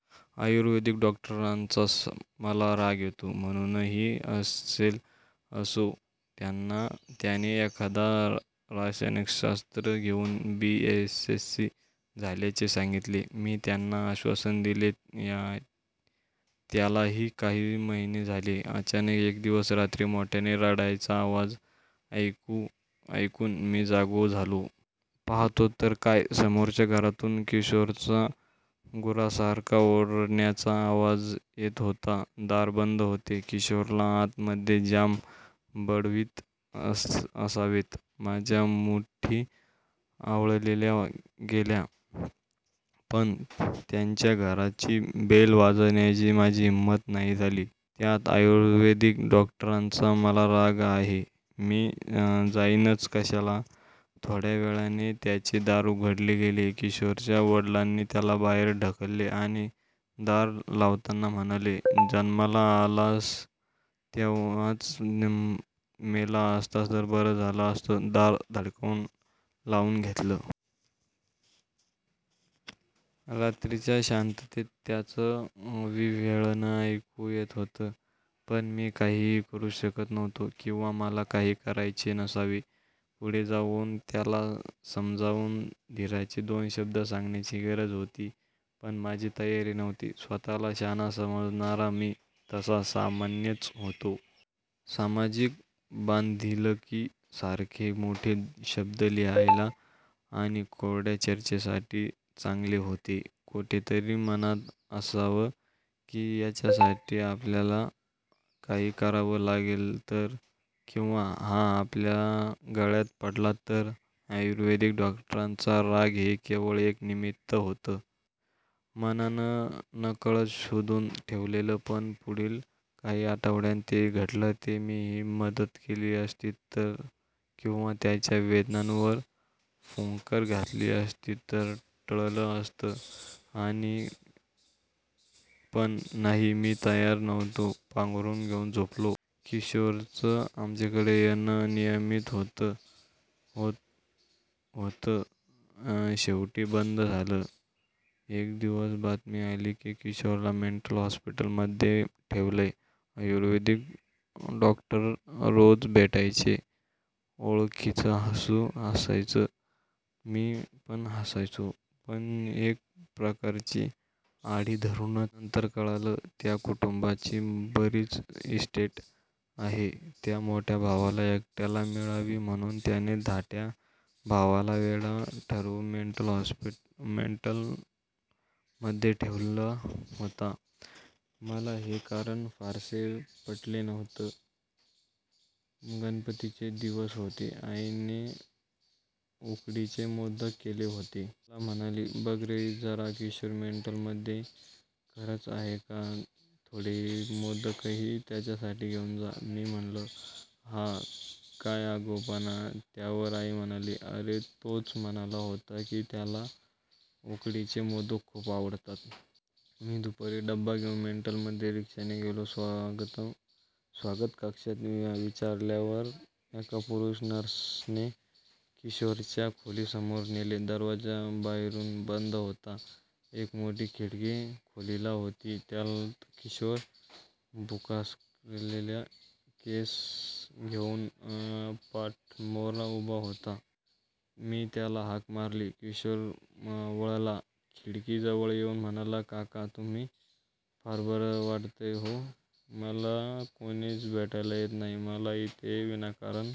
आयुर्वेदिक डॉक्टरांचा मला राग येतो म्हणूनही असेल. असो. त्याने एकदा रसायनशास्त्र घेऊन बी. एससी. झाल्याचे सांगितले. मी त्याला आश्वासन दिले त्यालाही काही महिने झाले. अचानक एक दिवस रात्री मोठयाने रडण्याचा आवाज ऐकून मी जागा झालो. पाहातो तर काय, समोरच्या घरातून किशोरचा गुरासारखा ओरडण्याचा आवाज येत होता. दार बंद होते. किशोरला आत मध्ये जाम बडवीत असावेत. माझ्या मुठी आवळल्या गेल्या. पण त्यांच्या घराची बेल वाजवण्याची माझी हिंमत झाली नाही. त्यात आयुर्वेदिक डॉक्टरांचा मला राग आहे. मी जाईनच कशाला. थोड्यावेळाने त्याचे दार उघडले गेले. किशोरच्या वडिलांनी त्याला बाहेर ढकलले आणि दार लावताना म्हणाले. "जन्माला आलास तेव्हाच मेला असतास तर बरं झालं असतं. दार धाडकन लावून घेतले. रात्रीच्या शांततेत त्याचं विव्हळणं ऐकू येत होतं. पण मी काहीही करू शकत नव्हतो किंवा मला काही करायचे नसावे. पुढे जाऊन त्याला समजाऊन धीराचे दोन शब्द सांगण्याची गरज होती. पण माझी तयारी नव्हती. स्वतःला शहाणा समजणारा मी तसा सामान्यच होतो. सामाजिक बांधिलकी सारखे मोठे शब्द लिहायला आणि कोरड्या चर्चेसाठी चांगले होते. कोठेतरी मनात असावं की याच्यासाठी आपल्याला काही करावं लागलं तर? किंवा हा आपल्या गळ्यात पडला तर? आयुर्वेदिक डॉक्टरांचा राग हे केवळ एक निमित्त होतं. मनानं नकळत शोधून ठेवलेलं. पण पुढिल काही आठवड्यांत जे घडलं ते मी मदत केली असती तर किंवा त्याच्या वेदनांवर फुंकर घातली असती तरी टळलं असतं. पण नाही मी तयार नव्हतो. पांघरूण घेऊन झोपलो. किशोरचं आमच्याकडे येणं अनियमित होत होत शेवटी बंद झालं. एक दिवस बातमी आली की किशोरला मेंटल हॉस्पिटलमध्ये ठेवलय. आयुर्वेदिक डॉक्टर रोज भेटायचे. ओळखीचं हासू हासायचे, मी पण हासायचो. पण एक प्रकारची आढी धरूनच. नंतर कळलं, त्या कुटुंबाची बरीच इस्टेट आहे. ती मोठ्या भावाला एकट्याला मिळावी म्हणून त्याने धाट्या भावाला वेडा ठरवून मेंटल मध्ये ठेवला होता. मला हे कारण फारसे पटलेलं नव्हतं. गणपतीचे दिवस होते. आईने उकडीचे मोदक केले होते. मला म्हणाली, "बघ रे जरा किशोर मेंटलमध्ये खरच आहे कां थोडे मोदकही त्याच्यासाठी घेऊन जा. " मी म्हंटलं, "हा काय आगाऊपणा? त्यावर आई म्हणाली, "अरे तोच म्हणाला होता की त्याला उकडीचे मोदक खूप आवडतात. मी दुपारी डबा घेऊन मेंटल मध्ये रिक्षाने गेलो. स्वागत कक्षात विचारल्यावर एका पुरुष नर्सने किशोरच्या खोली समोर नेले. दरवाजा बाहेरून बंद होता. एक मोठी खिडकी खोलीला होती. त्यात किशोर भुस्कारलेले केस घेऊन पाठमोरा उभा होता. मी त्याला हाक मारली. किशोर वळला. खिडकी जवळ येऊन म्हणाला, "काका, तुम्ही? " फार बरं वाटलं हो. मला कोणीच भेटायला येत नाही. मला इथे विनाकारण